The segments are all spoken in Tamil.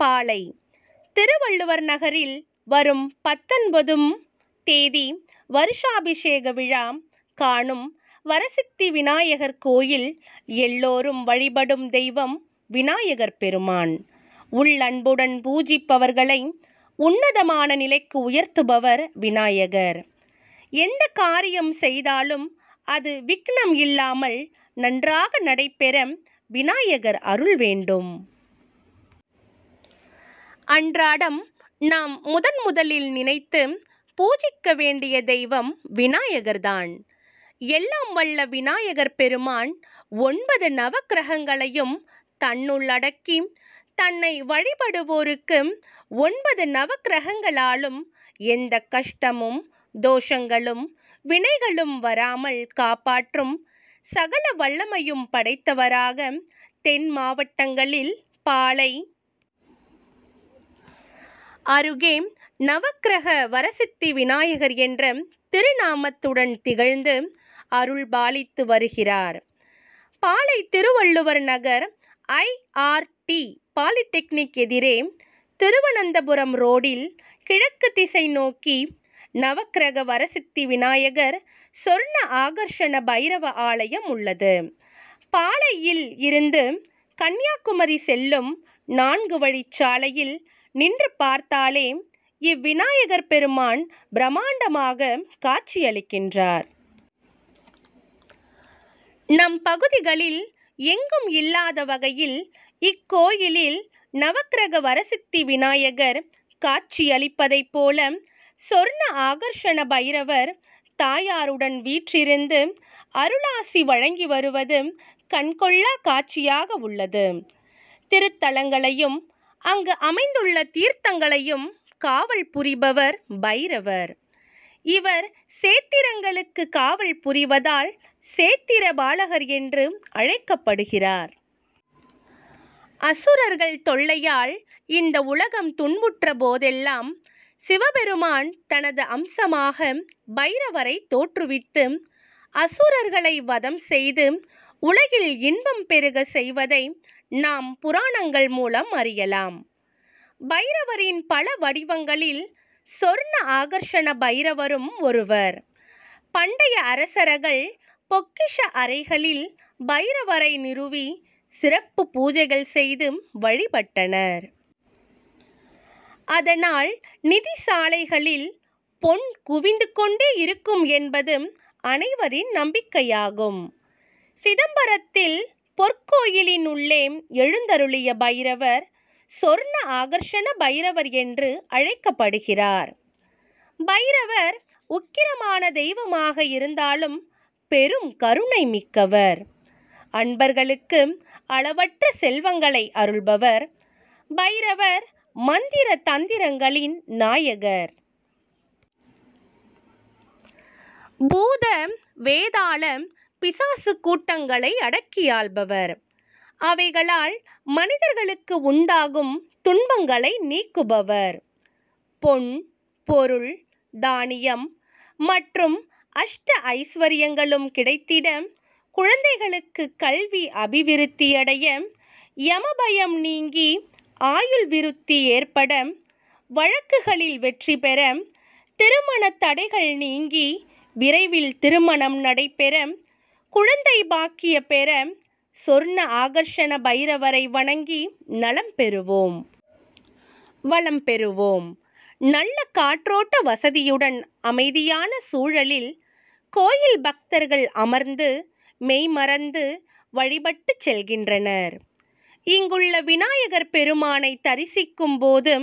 பாளை., திருவள்ளூவர் நகரில் வரும் பத்தொன்பதும் தேதி வருஷாபிஷேக விழா காணும் வரசித்தி விநாயகர் கோயில்எல்லோரும் வழிபடும் தெய்வம் விநாயகர் பெருமான். உள்ளன்புடன் பூஜிப்பவர்களை உன்னதமான நிலைக்கு உயர்த்துபவர் விநாயகர். எந்தக் காரியம் செய்தாலும் அது விக்னம் இல்லாமல் நன்றாக நடைபெற விநாயகர் அருள் வேண்டும். அன்றாடம் நாம் முதன் முதலில் நினைத்து பூஜிக்க வேண்டிய தெய்வம் விநாயகர்தான். எல்லாம் வல்ல விநாயகர் பெருமான் ஒன்பது நவக்கிரகங்களையும் தன்னுள் அடக்கி தன்னை வழிபடுவோருக்கு ஒன்பது நவக்கிரகங்களாலும் எந்தக் கஷ்டமும், தோஷங்களும், வினைகளும் வராமல் காப்பாற்றும் சகல வல்லமையும் படைத்தவராக தென் மாவட்டங்களில் பாளை., அருகே நவக்கிரக வரசித்தி விநாயகர் என்ற திருநாமத்துடன் திகழ்ந்து அருள் பாலித்து வருகிறார். Palai., Thiruvalluvar Nagar I. R. T., polytechnic எதிரே திருவனந்தபுரம் ரோடில் கிழக்குத் திசை நோக்கி நவக்கிரக வரசித்தி விநாயகர், சொர்ண ஆகர்ஷண பைரவ ஆலயம் உள்ளது. பாளை. யில் இருந்து கன்னியாகுமரி செல்லும் நான்கு வழிச்சாலையில் நின்று பார்த்தாலே இவ்விநாயகர் பெருமான் பிரமாண்டமாக காட்சியளிக்கின்றார். நம் பகுதிகளில் எங்கும் இல்லாத வகையில் இக்கோயிலில் நவக்கிரக வரசித்தி விநாயகர் காட்சி அளிப்பதைப் போல சொர்ண ஆகர்ஷண பைரவர் தாயாருடன் வீற்றிருந்து அருளாசி வழங்கி வருவது கண்கொள்ளாக் காட்சியாக உள்ளது. திருத்தலங்களையும், அங்கு அமைந்துள்ள தீர்த்தங்களையும் காவல் புரிபவர் பைரவர். இவர் சேத்திரங்களுக்குக் காவல் புரிவதால் சேத்திரப் பாலகர் என்று அழைக்கப்படுகிறார். அசுரர்கள் தொல்லையால் இந்த உலகம் துன்புற்ற போதெல்லாம் சிவபெருமான் தனது அம்சமாக பைரவரைத் தோற்றுவித்து, அசுரர்களை வதம் செய்து உலகில் இன்பம் பெருக செய்வதை நாம் புராணங்கள் மூலம் அறியலாம். பைரவரின் பல வடிவங்களில் சொர்ண ஆகர்ஷண பைரவரும் ஒருவர். பண்டைய அரசரகள் பொக்கிஷ அறைகளில் பைரவரை நிறுவி சிறப்புப் பூஜைகள் செய்து வழிபட்டனர். அதனால் நிதிசாலைகளில் பொன் குவிந்துக் கொண்டே இருக்கும் என்பது அனைவரின் நம்பிக்கையாகும். சிதம்பரத்தில் பொற்கோயிலின் உள்ளே எழுந்தருளிய பைரவர் சொர்ண ஆகர்ஷண பைரவர் என்று அழைக்கப்படுகிறார். பைரவர் உக்கிரமான தெய்வமாக இருந்தாலும் பெரும் கருணை மிக்கவர். அன்பர்களுக்கு அளவற்ற செல்வங்களை அருள்பவர். பைரவர் மந்திர, தந்திரங்களின் நாயகர். பூத, வேதாள, பிசாசுக் கூட்டங்களை அடக்கி ஆள்பவர். அவைகளால் மனிதர்களுக்கு உண்டாகும் துன்பங்களை நீக்குபவர். பொன், பொருள், தானியம் மற்றும் அஷ்ட ஐஸ்வரியங்களும் கிடைத்திட குழந்தைகளுக்கு கல்வி அபிவிருத்தியடைய, எமபயம் நீங்கி ஆயுள் விருத்தி ஏற்பட, வழக்குகளில் வெற்றி பெற திருமணத் தடைகள் நீங்கி விரைவில் திருமணம் நடைபெற குழந்தைப் பாக்கிய பெற சொர்ண ஆகர்ஷண பைரவரை வணங்கி நலம் பெறுவோம். வளம் பெறுவோம். நல்ல காற்றோட்ட வசதியுடன் அமைதியான சூழலில் கோயில் பக்தர்கள் அமர்ந்து மெய்மறந்து வழிபட்டுச் செல்கின்றனர். இங்குள்ள விநாயகர் பெருமானைத் தரிசிக்கும்போது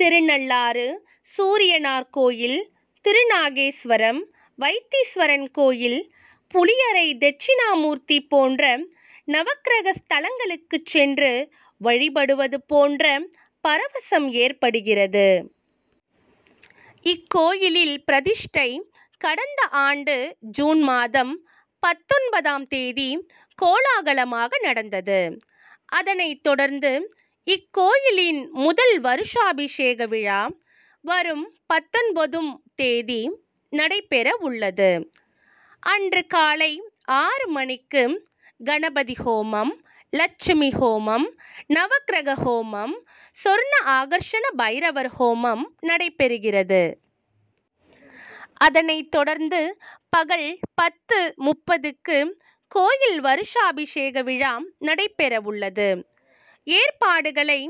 திருநள்ளாறு சூரியனார் கோயில், திருநாகேஸ்வரம் வைத்தீஸ்வரன் கோயில், புளியரை தெட்சிணாமூர்த்தி போன்ற நவக்கிரக ஸ்தலங்களுக்குச் சென்று வழிபடுவது போன்ற பரவசம் ஏற்படுகிறது. இக்கோயில் பிரதிஷ்டை கடந்த ஆண்டு ஜூன் மாதம் பத்தொன்பதாம் தேதி கோலாகலமாக நடந்தது. அதனைத் தொடர்ந்து இக்கோயிலின் முதல் வருஷாபிஷேக விழா வரும் பத்தொன்பது ம் தேதி நடைபெற உள்ளது. அன்று காலை ஆறு மணிக்கு கணபதி ஹோமம், லட்சுமி ஹோமம், நவக்கிரக ஹோமம், சொர்ண ஆகர்ஷண பைரவர் ஹோமம் நடைபெறுகிறது. அதனைத் தொடர்ந்து பகல் பத்து.முப்பதுக்கு கோயில் வருஷாபிஷேக விழா நடைபெற உள்ளது. ஏற்பாடுகளை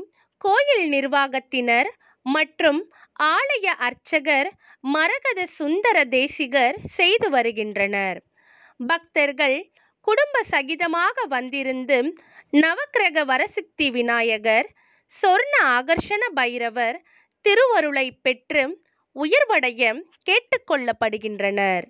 கோயில் நிர்வாகத்தினர் மற்றும் ஆலய அர்ச்சகர் மரகத சுந்தர தேசிகர் செய்து வருகின்றனர். பக்தர்கள் குடும்ப சகிதமாக வந்திருந்து நவக்கிரக வரசித்தி விநாயகர், சொர்ண ஆகர்ஷண பைரவர் திருவருளைப் பெற்று உயர்வடைய கேட்டுக் கொள்ளப்படுகின்றனர்.